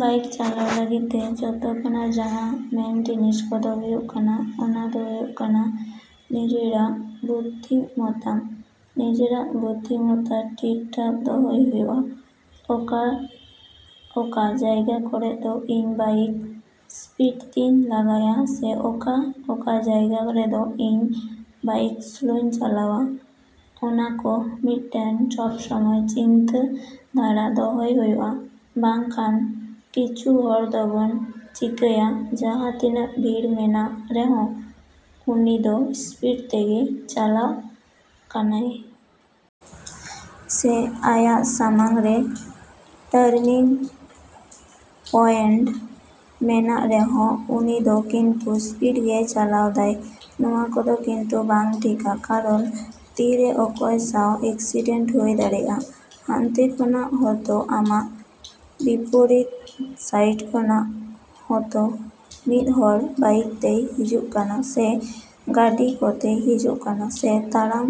Bike ᱪᱟᱞᱟᱣ ᱞᱟᱹᱜᱤᱫ ᱡᱚᱛᱚ ᱠᱷᱚᱱᱟᱜ ᱡᱟᱦᱟᱸ ᱢᱮᱱ ᱡᱤᱱᱤᱥ ᱠᱚᱫᱚ ᱦᱩᱭᱩᱜ ᱠᱟᱱᱟ, ᱚᱱᱟ ᱫᱚ ᱦᱩᱭᱩᱜ ᱠᱟᱱᱟ ᱱᱤᱡᱮᱨᱟᱜ ᱵᱩᱫᱽᱫᱷᱤᱢᱚᱛᱛᱟ᱾ ᱱᱤᱡᱮᱨᱟᱜ ᱵᱩᱫᱽᱫᱷᱤᱢᱚᱛᱛᱟ, ᱴᱷᱤᱠ-ᱴᱷᱟᱠ ᱫᱚᱦᱚᱭ ᱦᱩᱭᱩᱜᱼᱟ᱾ ᱚᱠᱟ ᱚᱠᱟ ᱡᱟᱭᱜᱟ ᱠᱚᱨᱮ ᱫᱚ ᱤᱧ ᱵᱟᱭᱤᱠ ᱤᱥᱯᱤᱰ ᱛᱮᱧ ᱞᱟᱜᱟᱭᱟ, ᱥᱮ ᱚᱠᱟ ᱚᱠᱟ ᱡᱟᱭᱜᱟ ᱨᱮᱫᱚ ᱤᱧᱟᱹᱜ ᱵᱟᱭᱤᱠ ᱥᱞᱳᱧ ᱪᱟᱞᱟᱣᱟ, ᱚᱱᱟ ᱠᱚ ᱢᱤᱫᱴᱟᱝ ᱥᱚᱵ ᱥᱚᱢᱚᱭ ᱪᱤᱱᱛᱟᱹ ᱫᱷᱟᱨᱟ ᱫᱚᱦᱚᱭ ᱦᱩᱭᱩᱜᱼᱟ, ᱵᱟᱝ ᱠᱷᱟᱱ ᱠᱤᱪᱷᱩ ᱦᱚᱲ ᱫᱚᱵᱚᱱ ᱪᱮᱠᱟᱭᱟ, ᱡᱟᱦᱟᱸᱛᱤᱱᱟᱹᱜ ᱵᱷᱤᱲ ᱢᱮᱱᱟᱜ ᱨᱮᱦᱚᱸ ᱩᱱᱤ ᱫᱚ ᱤᱥᱯᱤᱰ ᱛᱮᱜᱮ ᱪᱟᱞᱟᱜ ᱠᱟᱱᱟᱭ᱾ ᱥᱮ ᱟᱭᱟᱜ ᱥᱟᱢᱟᱝ ᱨᱮ ᱴᱟᱨᱱᱤᱝ ᱯᱚᱭᱮᱱᱴ ᱢᱮᱱᱟᱜ ᱨᱮᱦᱚᱸ ᱩᱱᱤ ᱫᱚ ᱠᱤᱱᱛᱩ ᱤᱥᱯᱤᱰ ᱜᱮ ᱪᱟᱞᱟᱣ ᱫᱟᱭ, ᱱᱚᱣᱟ ᱠᱚᱫᱚ ᱠᱤᱱᱛᱩ ᱵᱟᱝ ᱴᱷᱤᱠᱟ᱾ ᱠᱟᱨᱚᱱ ᱛᱤᱱ ᱨᱮ ᱚᱠᱚᱭ ᱥᱟᱶ ᱮᱠᱥᱤᱰᱮᱱᱴ ᱦᱩᱭ ᱫᱟᱲᱮᱭᱟᱜᱼᱟ, ᱦᱟᱱᱛᱮ ᱠᱷᱚᱱᱟᱜ ᱦᱚᱸᱛᱚ ᱟᱢᱟᱜ ᱵᱤᱯᱚᱨᱤᱛ ᱥᱟᱭᱤᱰ ᱠᱷᱚᱱ ᱦᱚᱸᱛᱚ ᱢᱤᱫ ᱦᱚᱲ ᱵᱟᱭᱤᱠ ᱛᱮᱭ ᱦᱤᱡᱩᱜ ᱠᱟᱱᱟ ᱥᱮ ᱜᱟᱹᱰᱤ ᱠᱚᱛᱮᱭ ᱦᱤᱡᱩᱜ ᱠᱟᱱᱟ, ᱥᱮ ᱛᱟᱲᱟᱢ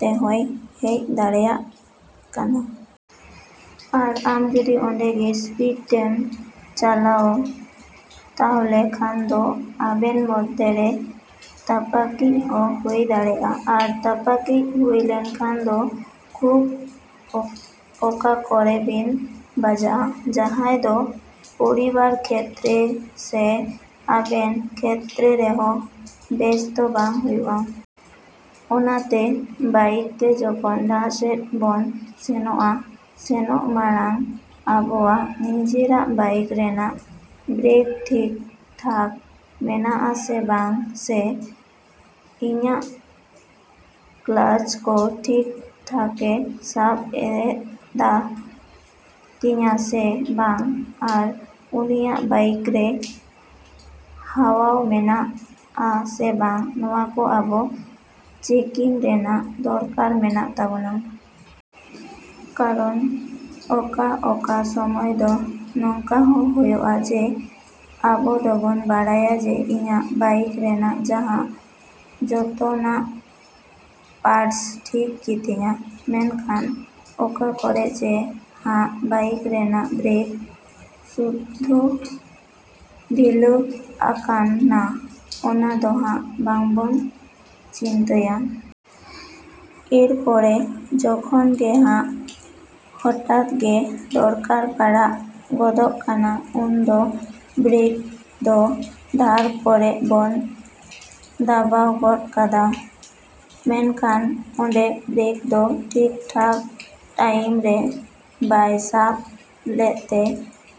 ᱛᱮᱦᱚᱸᱭ ᱦᱤᱡ ᱫᱟᱲᱮᱭᱟᱜ ᱠᱟᱱᱟ᱾ ᱟᱨ ᱟᱢ ᱡᱩᱫᱤ ᱚᱸᱰᱮ ᱜᱮ ᱤᱥᱯᱤᱰᱮᱢ ᱪᱟᱞᱟᱣ ᱛᱟᱦᱚᱞᱮ ᱠᱷᱟᱱ ᱫᱚ ᱟᱵᱮᱱ ᱢᱚᱫᱽᱫᱷᱮ ᱨᱮ ᱛᱟᱯᱟᱠᱤᱡ ᱦᱚᱸ ᱦᱩᱭ ᱫᱟᱲᱮᱭᱟᱜᱼᱟ, ᱟᱨ ᱛᱟᱯᱟᱠᱤᱡ ᱦᱩᱭ ᱞᱮᱱᱠᱷᱟᱱ ᱫᱚ ᱠᱷᱩᱵ ᱚᱠᱟ ᱠᱚᱨᱮ ᱵᱮᱱ ᱵᱟᱡᱟᱜᱼᱟ, ᱡᱟᱦᱟᱸᱭ ᱫᱚ ᱯᱚᱨᱤᱵᱟᱨ ᱠᱷᱮᱛᱨᱮ ᱥᱮ ᱟᱵᱮᱱ ᱠᱷᱮᱛᱨᱮ ᱨᱮᱦᱚᱸ ᱵᱮᱥ ᱫᱚ ᱵᱟᱝ ᱦᱩᱭᱩᱜᱼᱟ᱾ ᱚᱱᱟᱛᱮ ᱵᱟᱭᱤᱠ ᱛᱮ ᱡᱚᱠᱷᱚᱱ ᱡᱟᱦᱟᱸ ᱥᱮᱡ ᱵᱚᱱ ᱥᱮᱱᱚᱜᱼᱟ, ᱥᱮᱱᱚᱜ ᱢᱟᱲᱟᱝ ᱟᱵᱚᱣᱟᱜ ᱱᱤᱡᱮᱨᱟᱜ ᱵᱟᱭᱤᱠ ᱨᱮᱱᱟᱜ ᱵᱨᱮᱠ ᱴᱷᱤᱠ-ᱴᱷᱟᱠ ᱢᱮᱱᱟᱜᱼᱟ ᱥᱮ ᱵᱟᱝ ᱥᱮ ᱤᱧᱟᱹᱜ ᱠᱞᱟᱡᱽ ᱠᱚ ᱴᱷᱤᱠ-ᱴᱷᱟᱠᱮ ᱥᱟᱵ ᱮᱫ ᱛᱤᱧᱟᱹ ᱥᱮ ᱵᱟᱝ ᱟᱨ ᱩᱱᱤᱭᱟᱜ ᱵᱟᱭᱤᱠ ᱨᱮ ᱦᱟᱣᱟ ᱢᱮᱱᱟᱜᱼᱟ ᱥᱮ ᱵᱟᱝ, ᱱᱚᱣᱟ ᱠᱚ ᱟᱵᱚ ᱪᱮᱠᱤᱝ ᱨᱮᱱᱟᱜ ᱫᱚᱨᱠᱟᱨ ᱢᱮᱱᱟᱜ ᱛᱟᱵᱚᱱᱟ᱾ ᱠᱟᱨᱚᱱ ᱚᱠᱟ ᱚᱠᱟ ᱥᱚᱢᱚᱭ ᱫᱚ ᱱᱚᱝᱠᱟ ᱦᱚᱸ ᱦᱩᱭᱩᱜᱼᱟ ᱡᱮ, ᱟᱵᱚ ᱫᱚᱵᱚᱱ ᱵᱟᱲᱟᱭᱟ ᱡᱮ, ᱤᱧᱟᱹᱜ ᱵᱟᱭᱤᱠ ᱨᱮᱱᱟᱜ ᱡᱟᱦᱟᱸ ᱡᱚᱛᱚᱱᱟᱜ ᱯᱟᱨᱴᱥ ᱴᱷᱤᱠ ᱜᱮᱛᱤᱧᱟ᱾ ᱢᱮᱱᱠᱷᱟᱱ ᱚᱠᱟ ᱠᱚᱨᱮ ᱡᱮ ᱦᱟᱸᱜ ᱵᱟᱭᱤᱠ ᱨᱮᱱᱟᱜ ᱵᱨᱮᱠ ᱥᱩᱫᱽᱫᱷᱳ ᱰᱷᱤᱞᱟᱹᱣᱠᱟᱱᱟ ᱚᱱᱟ ᱫᱚ ᱦᱟᱸᱜ ᱵᱟᱵᱚᱱ ᱪᱤᱱᱛᱟᱹᱭᱟ᱾ ᱮᱨ ᱯᱚᱨ ᱡᱚᱠᱷᱚᱱ ᱜᱮ ᱦᱟᱸᱜ ᱦᱚᱴᱟᱛ ᱜᱮ ᱫᱚᱨᱠᱟᱨ ᱯᱟᱲᱟᱣ ᱜᱚᱫ ᱠᱟᱱᱟ ᱩᱱ ᱫᱚ ᱵᱨᱮᱠ ᱫᱚ ᱫᱷᱟᱨ ᱠᱚᱨᱮ ᱵᱚᱱ ᱫᱟᱵᱟᱣ ᱜᱚᱫ ᱠᱟᱫᱟ᱾ ᱢᱮᱱᱠᱷᱟᱱ ᱚᱸᱰᱮ ᱵᱨᱮᱠ ᱫᱚ ᱴᱷᱤᱠ-ᱴᱷᱟᱠ ᱴᱟᱭᱤᱢ ᱨᱮ ᱵᱟᱭ ᱥᱟᱵ ᱞᱮᱫᱛᱮ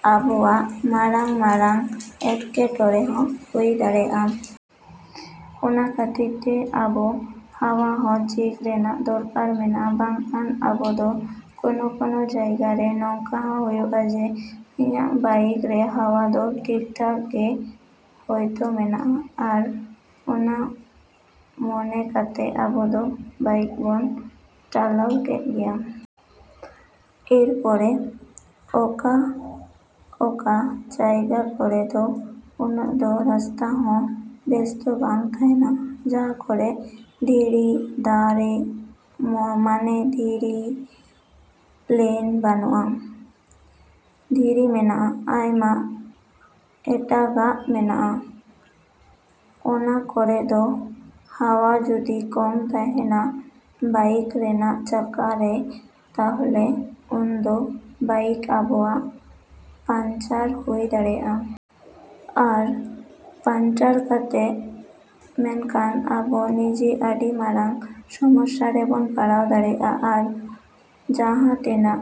ᱟᱵᱚᱣᱟᱜ ᱢᱟᱨᱟᱝ ᱢᱟᱨᱟᱝ ᱮᱴᱠᱮᱴᱚᱬᱮ ᱦᱚᱸ ᱦᱩᱭ ᱫᱟᱲᱮᱭᱟᱜᱼᱟ᱾ ᱚᱱᱟ ᱠᱷᱟᱹᱛᱤᱨ ᱛᱮ ᱟᱵᱚ ᱦᱟᱣᱟ ᱦᱚᱸ ᱪᱮᱠ ᱨᱮᱱᱟᱜ ᱫᱚᱨᱠᱟᱨ ᱢᱮᱱᱟᱜᱼᱟ ᱵᱟᱝᱠᱷᱟᱱ ᱟᱵᱚ ᱫᱚ ᱠᱳᱱᱳ ᱠᱳᱱᱳ ᱡᱟᱭᱜᱟ ᱨᱮ ᱱᱚᱝᱠᱟ ᱦᱚᱸ ᱦᱩᱭᱩᱜᱼᱟ ᱡᱮ, ᱤᱧᱟᱹᱜ ᱵᱟᱭᱤᱠ ᱨᱮ ᱦᱟᱣᱟ ᱫᱚ ᱴᱷᱤᱠ-ᱴᱷᱟᱠ ᱜᱮ ᱦᱳᱭᱛᱳ ᱢᱮᱱᱟᱜᱼᱟ᱾ ᱟᱨ ᱚᱱᱟ ᱢᱚᱱᱮ ᱠᱟᱛᱮ ᱟᱵᱚ ᱫᱚ ᱵᱟᱭᱤᱠ ᱵᱚᱱ ᱪᱟᱞᱟᱣ ᱠᱮᱫ ᱜᱮᱭᱟ᱾ ᱮᱨᱯᱚᱨ ᱚᱠᱟ ᱚᱠᱟ ᱡᱟᱭᱜᱟ ᱠᱚᱨᱮ ᱫᱚ ᱩᱱᱟᱹᱜ ᱫᱚ ᱨᱟᱥᱛᱟ ᱦᱚᱸ ᱵᱮᱥ ᱫᱚ ᱵᱟᱝ ᱛᱟᱦᱮᱱᱟ᱾ ᱡᱟᱦᱟᱸ ᱠᱚᱨᱮ ᱫᱷᱤᱨᱤ, ᱫᱟᱨᱮ ᱢᱟᱱᱮ ᱫᱷᱤᱨᱤ ᱯᱞᱮᱱ ᱵᱟᱹᱱᱩᱜᱼᱟ, ᱫᱷᱤᱨᱤ ᱢᱮᱱᱟᱜᱼᱟ᱾ ᱟᱭᱢᱟ ᱮᱴᱟᱜᱟᱜ ᱢᱮᱱᱟᱜᱼᱟ, ᱚᱱᱟ ᱠᱚᱨᱮ ᱫᱚ ᱦᱟᱣᱟ ᱡᱩᱫᱤ ᱠᱚᱢ ᱛᱟᱦᱮᱱᱟ ᱵᱟᱭᱤᱠ ᱨᱮᱱᱟᱜ ᱪᱟᱠᱟ ᱨᱮ ᱛᱟᱦᱚᱞᱮ ᱩᱱᱫᱚ ᱵᱟᱭᱤᱠ ᱟᱵᱚᱣᱟᱜ ᱯᱟᱱᱪᱟᱨ ᱦᱩᱭ ᱫᱟᱲᱭᱟᱜᱼᱟ᱾ ᱟᱨ ᱯᱟᱱᱪᱟᱨ ᱠᱟᱛᱮ ᱢᱮᱱᱠᱷᱟᱱ ᱟᱵᱚ ᱱᱤᱡᱮ ᱟᱹᱰᱤ ᱢᱟᱨᱟᱝ ᱥᱚᱢᱚᱥᱥᱟ ᱨᱮᱵᱚᱱ ᱯᱟᱲᱟᱣ ᱫᱟᱲᱮᱭᱟᱜᱼᱟ᱾ ᱟᱨ ᱡᱟᱦᱟᱸᱛᱤᱱᱟᱹᱜ